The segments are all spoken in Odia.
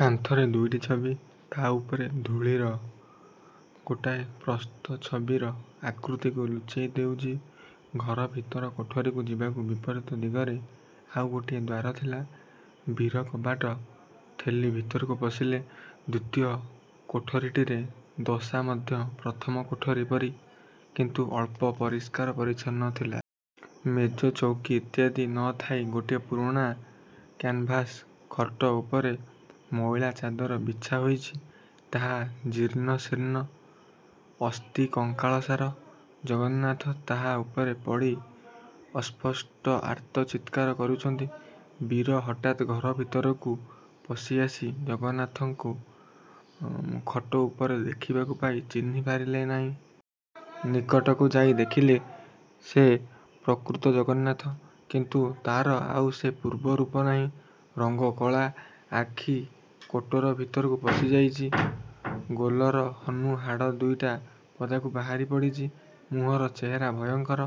କାନ୍ଥରେ ଦୁଇଟି ଛବି। ତା ଉପରେ ଧୂଳିର ଗୋଟାଏ ପ୍ରସ୍ତ ଛବିର ଆକୃତିକୁ ଲୁଚେଇ ଦେଉଛି। ଘର ଭିତର କୋଠରୀକୁ ଯିବାକୁ ବିପରୀତ ଦିଗରେ ଆଉ ଗୋଟିଏ ଦ୍ୱାର ଥିଲା। ବୀର କବାଟ ଠେଲି ଭିତରକୁ ପଶିଲେ। ଦ୍ୱିତୀୟ କୋଠରୀଟିରେ ଦଶା ମଧ୍ୟ ପ୍ରଥମ କୋଠରୀ ପରି; କିନ୍ତୁ ଅଳ୍ପ ପରିସ୍କାର ପରିଚ୍ଛନ୍ନ ଥିଲା। ମେଜ ଚୌକୀ ଇତ୍ୟାଦି ନ ଥାଇ ଗୋଟିଏ ପୁରୁଣା କ୍ୟାନଭାସ୍ ଖଟ ଉପରେ ମଇଳା ଚାଦର ବିଛା ହୋଇଛି। ତାହା ଜୀର୍ଣ୍ଣ ଶୀର୍ଣ୍ଣ, ଅସ୍ଥିକଙ୍କାଳସାର ଜଗନ୍ନାଥ ତାହା ଉପରେ ପଡ଼ି ଅସ୍ପଷ୍ଟ ଆର୍ତ୍ତ ଚିତ୍କାର କରୁଛନ୍ତି। ବୀର ହଠାତ୍ ଘର ଭିତରକୁ ପଶି ଆସି ଜଗନ୍ନାଥଙ୍କୁ ଉଁ ଖଟ ଉପରେ ଦେଖିବାକୁ ପାଇ ଚିହ୍ନି ପାରିଲେନାହିଁ। ନିକଟକୁ ଯାଇ ଦେଖିଲେ, ସେ ପ୍ରକୃତ ଜଗନ୍ନାଥ। କିନ୍ତୁ ତା'ର ଆଉ ସେ ପୂର୍ବ ରୂପ ନାହିଁ। ରଙ୍ଗ କଳା। ଆଖି କୋଟର ଭିତରକୁ ପଶିଯାଇଛି। ଗୋଲର ହନୁ ହାଡ଼ ଦୁଇଟା ପଦାକୁ ବାହାରି ପଡ଼ିଛି। ମୁହଁର ଚେହେରା ଭୟଙ୍କର।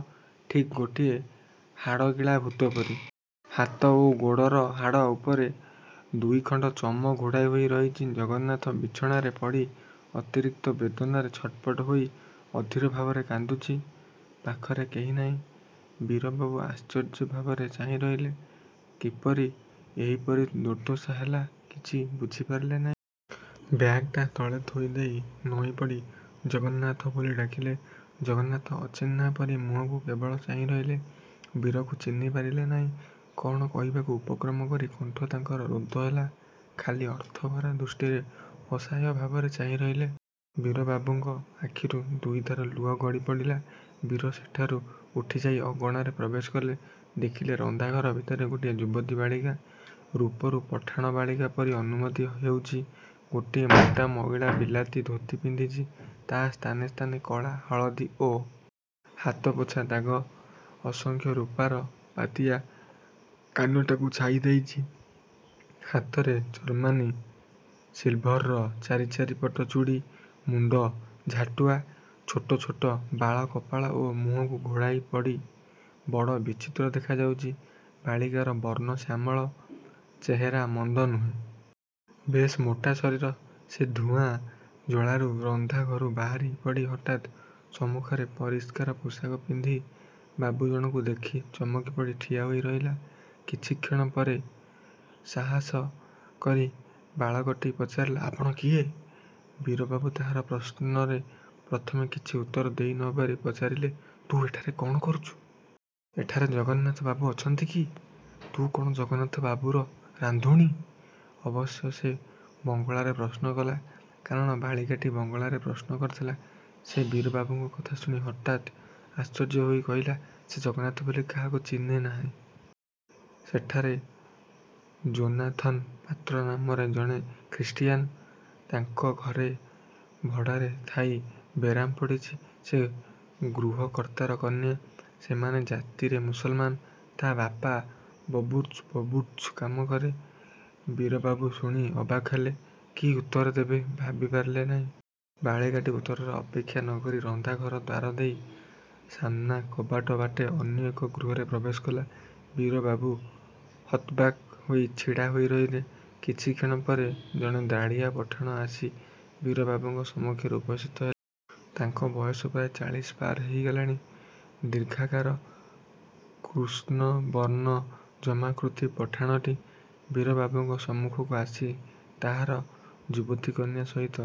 ଠିକ୍ ଗୋଟାଏ ହାଡ଼ଗିଳା ଭୂତ ପରି। ହାତ ଓ ଗୋଡ଼ର ହାଡ଼ ଉପରେ ଦୁଇଖଣ୍ଡ ଚମ ଘୋଡ଼ାଇ ହୋଇ ରହିଛି। ଜଗନ୍ନାଥ ବିଛଣାରେ ପଡ଼ି ଅତିରିକ୍ତ ବେଦନାରେ ଛଟପଟ ହୋଇ ଅଧୀର ଭାବରେ କାନ୍ଦୁଛି। ପାଖରେ କେହି ନାହିଁ। ବୀରବାବୁ ଆଶ୍ଚର୍ଯ୍ୟ ଭାବରେ ଚାହିଁ ରହିଲେ। କିପରି ଏହିପରି ଦୁର୍ଦ୍ଦଶା ହେଲା କିଛି ବୁଝି ପାରିଲେ ନାହିଁ। ବ୍ୟାଗ୍ ଟା ତଳେ ଥୋଇ ଦେଇ ନଇଁପଡ଼ି "ଜଗନ୍ନାଥ" ବୋଲି ଡାକିଲେ। ଜଗନ୍ନାଥ ଅଚିହ୍ନା ପରି ମୁହଁକୁ କେବଳ ଚାହିଁ ରହିଲେ। ବୀରକୁ ଚିହ୍ନି ପାରିଲେ ନାହିଁ। କ'ଣ କହିବାକୁ ଉପକ୍ରମ କରି କଣ୍ଠ ତାଙ୍କର ରୁଦ୍ଧ ହେଲା। ଖାଲି ଅର୍ଥଭରା ଦୃଷ୍ଟିରେ ଅସହାୟ ଭାବରେ ଚାହିଁ ରହିଲେ। ବୀରବାବୁଙ୍କ ଆଖିରୁ ଦୁଇଧାର ଲୁହ ଗଡ଼ି ପଡ଼ିଲା। ବୀର ସେଠାରୁ ଉଠିଯାଇ ଅଗଣାରେ ପ୍ରବେଶ କଲେ। ଦେଖିଲେ ରନ୍ଧାଘର ଭିତରେ ଗୋଟିଏ ଯୁବତୀ ବାଳିକା। ରୁପରୁ ପଠାଣ ବାଳିକା ପରି ଅନୁମତି ହେଉଛି। ଗୋଟିଏ ମୋଟା ମଇଳା ବିଲାତି ଧୋତି ପିନ୍ଧିଛି। ତା ସ୍ଥାନେ ସ୍ଥାନେ କଳା, ହଳଦୀ ଓ। ହାତପୋଛା ଦାଗ। ଅସଂଖ୍ୟ ରୂପାର ପାତିଆ− କାନଟାକୁ ଛାଇ ଦେଇଛି। ହାତରେ ଜର୍ମାନୀ ସିଲ୍ଭରର ଚାରି ଚାରି ପଟ ଚୁଡ଼ି। ମୁଣ୍ଡ ଝାଟୁଆ। ଛୋଟ ଛୋଟ ବାଳ କପାଳ ଓ ମୁହଁକୁ ଘୋଡ଼ାଇ ପଡ଼ି ବଡ଼ ବିଚିତ୍ର ଦେଖାଯାଉଛି। ବାଳିକାର ବର୍ଣ୍ଣ ଶ୍ୟାମଳ। ଚେହେରା ମନ୍ଦ ନୁହେଁ। ବେଶ୍ ମୋଟା ଶରୀର। ସେ ଧୂଆଁ ଜ୍ୱାଳାରୁ ରନ୍ଧାଘରୁ ବାହାରି ପଡ଼ି ହଠାତ୍ ସମ୍ମୁଖରେ ପରିଷ୍କାର ପୋଷାକ ପିନ୍ଧା ବାବୁଜଣଙ୍କୁ ଦେଖି ଚମକି ପଡ଼ି ଠିଆ ହୋଇ ରହିଲା। କିଛିକ୍ଷଣ ପରେ ସାହାସ କରି ବାଳକଟି ପଚାରିଲା "ଆପଣ କିଏ? " ବୀରବାବୁ ତାହାର ପ୍ରଶ୍ନରେ ପ୍ରଥମେ କିଛି ଉତ୍ତର ଦେଇ ନ ପାରି ପଚାରିଲେ "ତୁ ଏଠାରେ କ'ଣ କରୁଚୁ? ଏଠାରେ ଜଗନ୍ନାଥ ବାବୁ ଅଛନ୍ତି କି? ତୁ କଣ ଜଗନ୍ନାଥ ବାବୁର ରାନ୍ଧୁଣୀ? " ଅବଶ୍ୟ ସେ ବଙ୍ଗଳାରେ ପ୍ରଶ୍ନ କଲା। କାରଣ ବାଳିକାଟି ବଙ୍ଗଳାରେ ପ୍ରଶ୍ନ କରିଥିଲା। ସେ ବୀରବୀବୁଙ୍କ କଥା ଶୁଣି ହଠାତ୍ ଆଶ୍ଚର୍ଯ୍ୟ ହୋଇ କହିଲା ସେ ଜଗନ୍ନାଥ ବୋଲି କାହାକୁ ଚିହ୍ନିନାହିଁ। ସେଠାରେ ଯୋନାଥନ୍ ପାତ୍ର ନାମରେ ଜଣେ ଖ୍ରୀଷ୍ଟିୟାନ୍, ତାଙ୍କ ଘରେ ଭଡ଼ାରେ ଥାଇ ବେରାମ ପଡ଼ିଛି। ସେ ଗୃହକର୍ତ୍ତାର କନ୍ୟା। ସେମାନେ ଜାତିରେ ମୁସଲମାନ୍। ତା ବାପ ବବୁର୍ଚ୍ଚ ବବୁର୍ଚ୍ଚ କାମ କରେ। ବୀରବାବୁ ଶୁଣି ଅବାକ୍ ହେଲେ। କି ଉତ୍ତର ଦେବେ ଭାବି ପାରିଲେ ନାହିଁ। ବାଳିକାଟି ଉତ୍ତରର ଅପେକ୍ଷା ନ କରି ରନ୍ଧା ଘର ଦ୍ୱାର ଦେଇ ସାମନା କବାଟ ବାଟେ ଅନ୍ୟ ଏକ ଗୃହରେ ପ୍ରବେଶ କଲା। ବୀର ବାବୁ ହତବାକ୍ ହୋଇ ଛିଡ଼ା ହୋଇ ରହିଲେ। କିଛିକ୍ଷଣ ପରେ ଜଣେ ଦାଢ଼ିଆ ପଠାଣ ଆସି ବୀରବୀବୁଙ୍କ ସମକ୍ଷରେ ଉପସ୍ଥିତ ତାଙ୍କ ବୟସ ପ୍ରାୟ ଚାଳିଶି ପାର ହେଇଗଲାଣି। ଦୀର୍ଘାକାର, କୃଷ୍ଣ ବର୍ଣ୍ଣ ଯମାକୃତି ପଠାଣଟି ବୀରବାବୁଙ୍କ ସମ୍ମୁଖକୁ ଆସି ତାହାର ଯୁବତୀ କନ୍ୟା ସହିତ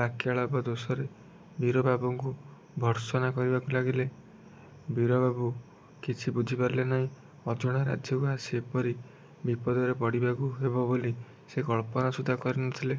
ବାକ୍ୟାଳାପ ଦୋଷରେ ବୀରବାବୁଙ୍କୁ ଭର୍ତ୍ସନା କରିବାକୁ ଲାଗିଲେ। ବୀରବାବୁ କିଛି ବୁଝିପାରିଲେ ନାହିଁ। ଅଜଣା ରାଜ୍ୟକୁ ଆସି ଏପରି ବିପଦରେ ପଡ଼ିବାକୁ ହେବ ବୋଲି ସେ କଳ୍ପନା ସୁଦ୍ଧା କରି ନ ଥିଲେ।